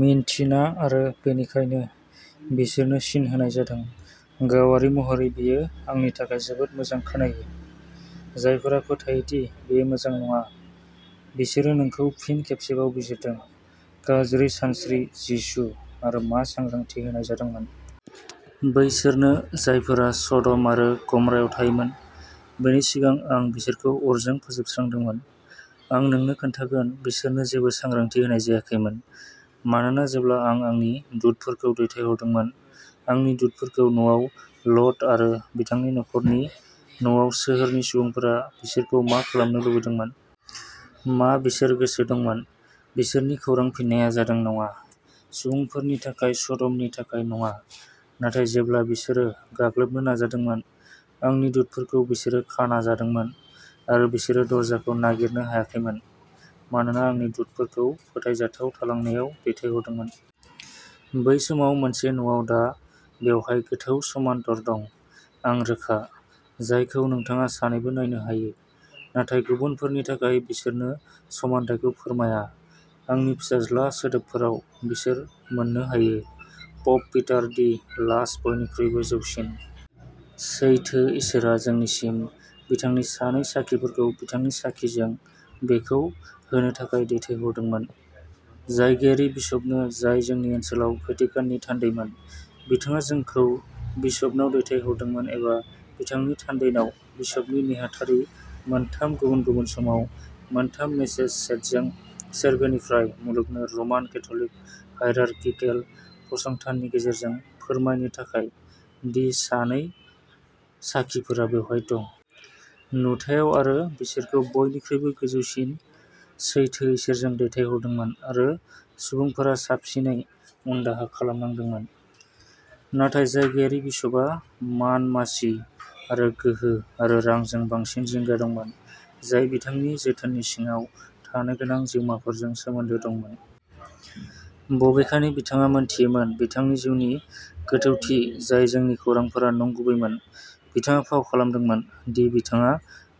मिन्थिना आरो बेनिखायनो, बिसोरनो सिन होनाय जादों। गावारि महरै बेयो आंनि थाखाय जोबोद मोजां खोनायो। जायफोरा फोथायो दि बेयो मोजां नङा। बिसोरो नोंखौ फिन खेबसेबाव बिजिरदों। गाज्रि सानस्रि जिसु आरो मा सांग्रांथि होनाय जादोंमोन। बैसोरनो जायफोरा सदम आरो गमरायाव थायोमोन। बेनि सिगां आं बिसोरखौ अरजों फोजोबस्रांदोंमोन। आं नोंनो खोन्थागोन बिसोरनो जेबो सांग्रांथि होनाय जायाखैमोन। मानोना जेब्ला आं आंनि दुतफोरखौ दैथायहरदोंमोन। आंनि दुतफोरखौ न'आव लट आरो बिथांनि नखर'नि न'आव सोहोरनि सुबुंफोरा बिसोरखौ मा खालामनो लुबैदोंमोन? मा बिसोर गोसो दंमोन। बिसोरनि खौरां फिननाया जादों नङा। सुबुंफोरनि थाखाय सदमनि थाखाय नङा। नाथाय जेब्ला बिसोरो गाग्लोबनो नाजादोंमोन। आंनि दुतफोरखौ बिसोरो खाना जादोंमोन आरो बिसोरो दरजाखौ नागिरनो हायाखैमोन। मानोना आंनि दुतफोरखौ फोथायजाथाव थालांनायाव दैथायहरदोंमोन। बै समाव मोनसे न'आव दा बेवहाय गोथौ समानटर दं। आं रोखा। जायखौ नोंथाङा सानैबो नायनो हायो। नाथाय गुबुनफोरनि थाखाय बिसोरनो समान्थायखौ फोरमाया। आंनि फिसाज्ला सोदोबफोराव बिसोर मोननो हायो। प'प पिटार दि लास्ट बयनिख्रुइबो जौसिन। सैथो इसोरआ जोंनिसिम बिथांनि सानै साखिफोरखौ बिथांनि साखिजों बेखौ होनो थाखाय दैथायहरदोंमोन। जायगायारि बिसपनो जाय जोंनि ओनसोलाव भेटिकाननि थान्दैमोन। बिथाङा जोंखौ बिसपनाव दैथायहरदोंमोन एबा बिथांनि थान्दैनाव बिसपनि नेहाथारि मोनथाम गुबुन-गुबुन समाव मोनथाम मेसेज सेटजों सोरगोनिफ्राय मुलुगनो रमान केथ'लिक हाइरारकिकेल फसंथाननि गेजेरजों फोरमायनो थाखाय दि सानै साखिफोरा बेवहाय दं। नुथायाव आरो बिसोरखौ बयनिख्रुइबो गोजौसिन सैथो इसोरजों दैथायहरदोंमोन आरो सुबुंफोरा साबसिनै, उनदाहा खालामनांदोंमोन। नाथाय जायगायारि बिसपआ मान मासि, आरो गोहो आरो रांजों बांसिन जिंगा दंमोन। जाय बिथांनि जोथोननि सिङाव थानो गोनां जिउमाफोरजों सोमोनदो दंमोन। बबेखानि बिथाङा मोनथियोमोन बिथांनि जिउनि गोथौथि जाय जोंनि खौरांफोरा नंगुबैमोन बिथाङा फाव खालामदोंमोन दि बिथाङा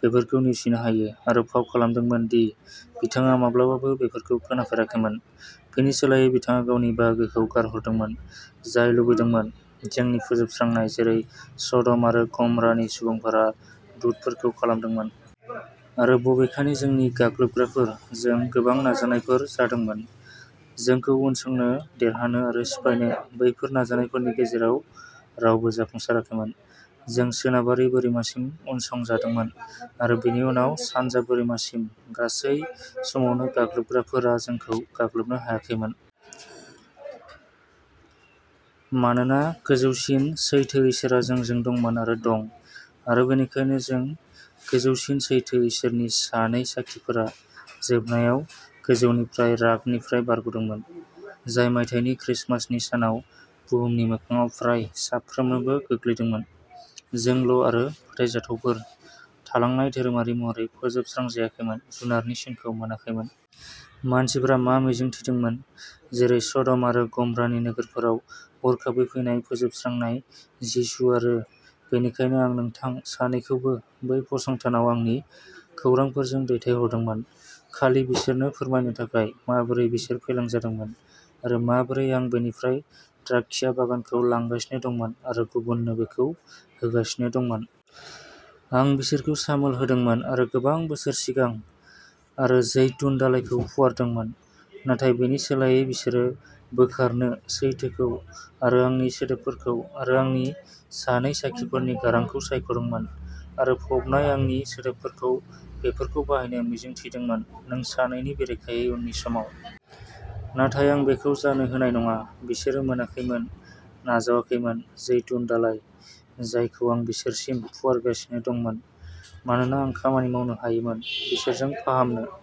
बेफोरखौ नेवसिनो हायो आरो फाव खालामदोंमोन दि बिथाङा माब्लाबाबो बेफोरखौ खोनाफेराखैमोन। बेनि सोलायै बिथाङा गावनि बाहागोखौ गारहरदोंमोन। जाय लुबैदोंमोन जोंनि फोजोबस्रांनाय जेरै सदम आरो गमरानि सुबुंफोरा दुतफोरखौ खालामदोंमोन। आरो बबेखानि जोंनि गाग्लोबग्राफोर जों गोबां नाजानायफोर जादोंमोन। जोंखौ उनसंनो देरहानो आरो सिफायनो बैफोर नाजानायफोरनि गेजेराव रावबो जाफुंसाराखैमोन। जों सोनाबारि बोरिमासिम उनसंजादोंमोन आरो बेनि उनाव सानजा बोरिमासिम गासै समावनो गाग्लोबग्राफोर आ जोंखौ गाग्लोबनो हायाखैमोन। मानोना गोजौसिन सैथो इसोरआ जोंजों दंमोन आरो दं। आरो बेनिखायनो जों गोजौसिन सैथो इसोरनि सानै साखिफोरा जोबनायाव 'गोजौनिफ्राय रागनिफ्राय बारग'दोंमोन। जाय मायथाइनि क्रिसमासनि सानाव बुहुमनि मोखांआव फ्राय साफ्रोमनोबो गोग्लैदोंमोन। जोंल’ आरो फोथायजाथावफोर थालांनाय धोरोमारि महरै फोजोबस्रांजायाखैमोन जुनारनि सिनखौ मोनाखैमोन। मानसिफ्रा मा मिजिंथिदोंमोन! जेरै सडम आरो गमरानि नोगोरफोराव हरखाबै फैनाय फोजोबस्रांनाय जिसु आरो बेनिखायनो आं नोंथां सानैखौबो बै फसंथानआव आंनि खौरांफोरजों दैथायहरदोंमोन खालि बिसोरनो फोरमायनो थाखाय माबोरै बिसोर फेलें जादोंमोन। आरो माबोरै आं बेनिफ्राय द्राक्षा बागानखौ लांगासिनो दंमोन आरो गुबुननो बेखौ होगासिनो दंमोन। आं बिसोरखौ सामोल होदोंमोन आरो गोबां बोसोर सिगां आरो जैतुन दालाइखौ फुवारदोंमोन। नाथाय बेनि सोलायै बिसोरो बोखारनो सैथोखौ आरो आंनि सोदोबफोरखौ आरो आंनि सानै साखिफोरनि गारां'खौ सायखदोंमोन आरो फबनाय आंनि सोदोबफोरखौ बेफोरखौ बाहायनो मिजिं थिदोंमोन नों सानैनि बेरेखायै उननि समाव। नाथाय आं बेखौ जानो होनाय नङा। बिसोरो मोनाखैमोन नाजावाखैमोन जैतुन दालाइ जायखौ आं बिसोरसिम फुवारगासिनो दंमोन। मानोना आं खामानि मावनो हायोमोन। बिसोरजों फाहामनो --